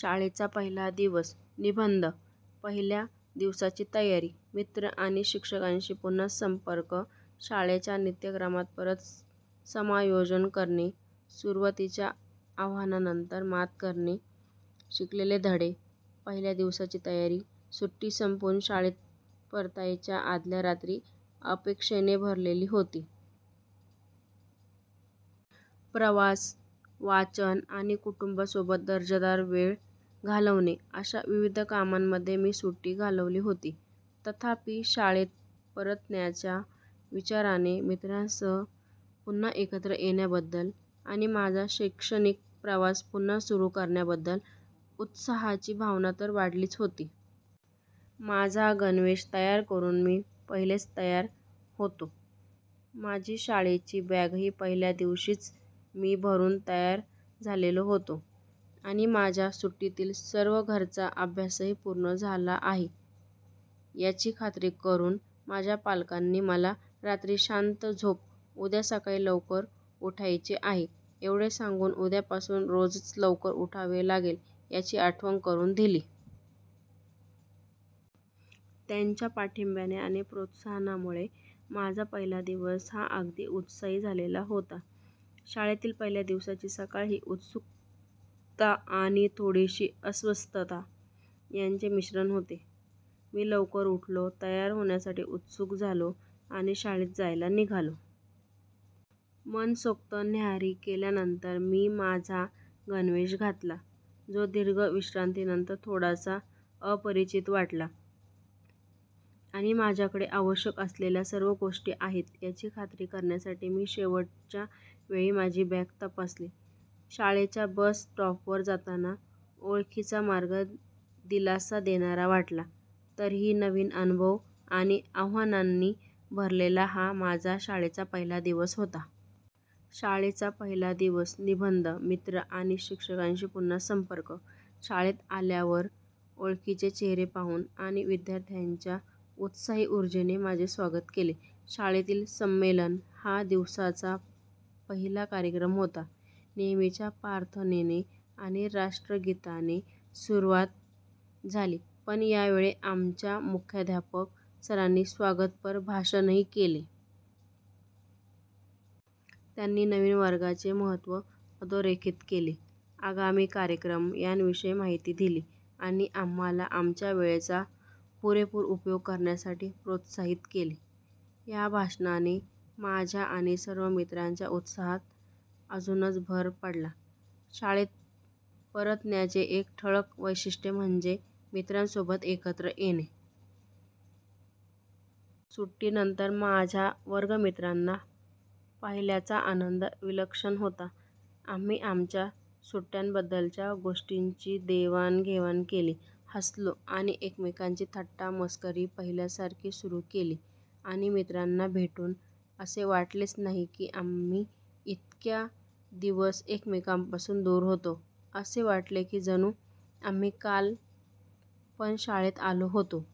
शाळेचा पहिला दिवस निबंध, पहिल्या दिवसाची तयारी, मित्र आणि शिक्षकांशी पुन्हा संपर्क, शाळेच्या नित्यक्रमात परत समायोजन करणे, सुरुवातीच्या आव्हानांवर मात करणे, शिकलेले धडे. पहिल्या दिवसाची तयारी. सुट्टी संपवून शाळेत परतायच्या आदल्या रात्री अपेक्षेने भरलेली होती. प्रवास, वाचन आणि कुटुंबासोबत दर्जेदार वेळ घालवणे अशा विविध कामांमध्ये मी सुट्टी घालवली होती. तथापि, शाळेत परतण्याच्या विचाराने मित्रांसह पुन्हा एकत्र येण्याबद्दल आणि माझा शैक्षणिक प्रवास पुन्हा सुरू करण्याबद्दल उत्साहाची भावना तर वाढलीच होती. माझा गणवेश तयार करून मी पहिलेच तयार होतो, माझी शाळेची बॅगही पहिल्या दिवशीच मी भरून तयार झालेलो होतो आणि माझ्या सुट्टीतील सर्व घरचा अभ्यासही पूर्ण झाला आहे याची खात्री करून माझ्या पालकांनी मला रात्री, शांत झोप, उद्या सकाळी लवकर उठायचे आहे, एवढे सांगून उद्यापासून रोजच लवकर उठावे लागेल याची आठवण करून दिली. त्यांच्या पाठिंब्याने आणि प्रोत्साहनामुळे माझा पहिला दिवस हा अगदी उत्साही झालेला होता. शाळेतील पहिल्या दिवसाची सकाळ ही उत्सुकता आणि थोडीशी अस्वस्थता यांचे मिश्रण होते. मी लवकर उठलो, तयार होण्यासाठी उत्सुक झालो आणि शाळेत जायला निघालो. मनसोक्त न्याहारी केल्यानंतर, मी माझा गणवेश घातला, जो दीर्घ विश्रांतीनंतर थोडासा अपरिचित वाटला आणि माझ्याकडे आवश्यक असलेल्या सर्व गोष्टी आहेत याची खात्री करण्यासाठी मी शेवटच्या वेळी माझी बॅग तपासली. शाळेच्या बस स्टॉपवर जाताना, ओळखीचा मार्ग दिलासा देणारा वाटला, तरीही नवीन अनुभव आणि आव्हानांनी भरलेला हा माझा शाळेचा पहिला दिवस होता. शाळेचा पहिला दिवस निबंध, मित्र आणि शिक्षकांशी पुन्हा संपर्क. शाळेत आल्यावर, ओळखीचे चेहरे पाहून आणि विद्यार्थ्यांच्या उत्साही उर्जेने माझे स्वागत केले. शाळेतील संमेलन हा दिवसाचा पहिला कार्यक्रम होता. नेहमीच्या प्रार्थनेने आणि राष्ट्रगीताने सुरुवात झाली, पण यावेळी आमच्या मुख्याध्यापक सरांनी स्वागतपर भाषणही केले. त्यांनी नवीन वर्गाचे महत्त्व अधोरेखित केले, आगामी कार्यक्रम यांविषयी माहिती दिली आणि आम्हाला आमच्या वेळेचा पुरेपूर उपयोग करण्यासाठी प्रोत्साहित केले. या भाषणाने, माझ्या आणि सर्व मित्रांच्या उत्साहात अजूनच भर पडला. शाळेत परतण्याचे एक ठळक वैशिष्ट्य म्हणजे मित्रांसोबत एकत्र येणे. सुट्टीनंतर माझ्या वर्गमित्रांना पाहिल्याचा आनंद विलक्षण होता. आम्ही आमच्या सुट्ट्यांबद्दलच्या गोष्टींची देवाणघेवाण केली, हसलो आणि एकमेकांची थट्टा मस्करी पहिल्यासारखी सुरू केली आणि मित्रांना भेटून असे वाटलेच नाही की आम्ही इतक्या दिवस एकमेकांपासून दूर होतो, असे वाटले की जणू आम्ही काल पण शाळेत आलो होतो,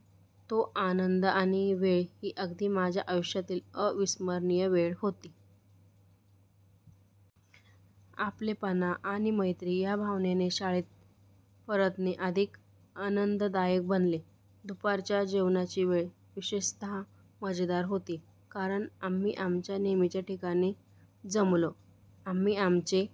तो आनंद आणि वेळ ही अगदी माझ्या आयुष्यातील अविस्मरणीय वेळ होती. आपलेपणा आणि मैत्री या भावनेने शाळेत परतणे अधिक आनंददायक बनले. दुपारच्या जेवणाची वेळ विशेषतः मजेदार होती, कारण आम्ही आमच्या नेहमीच्या ठिकाणी जमलो, आम्ही आमचे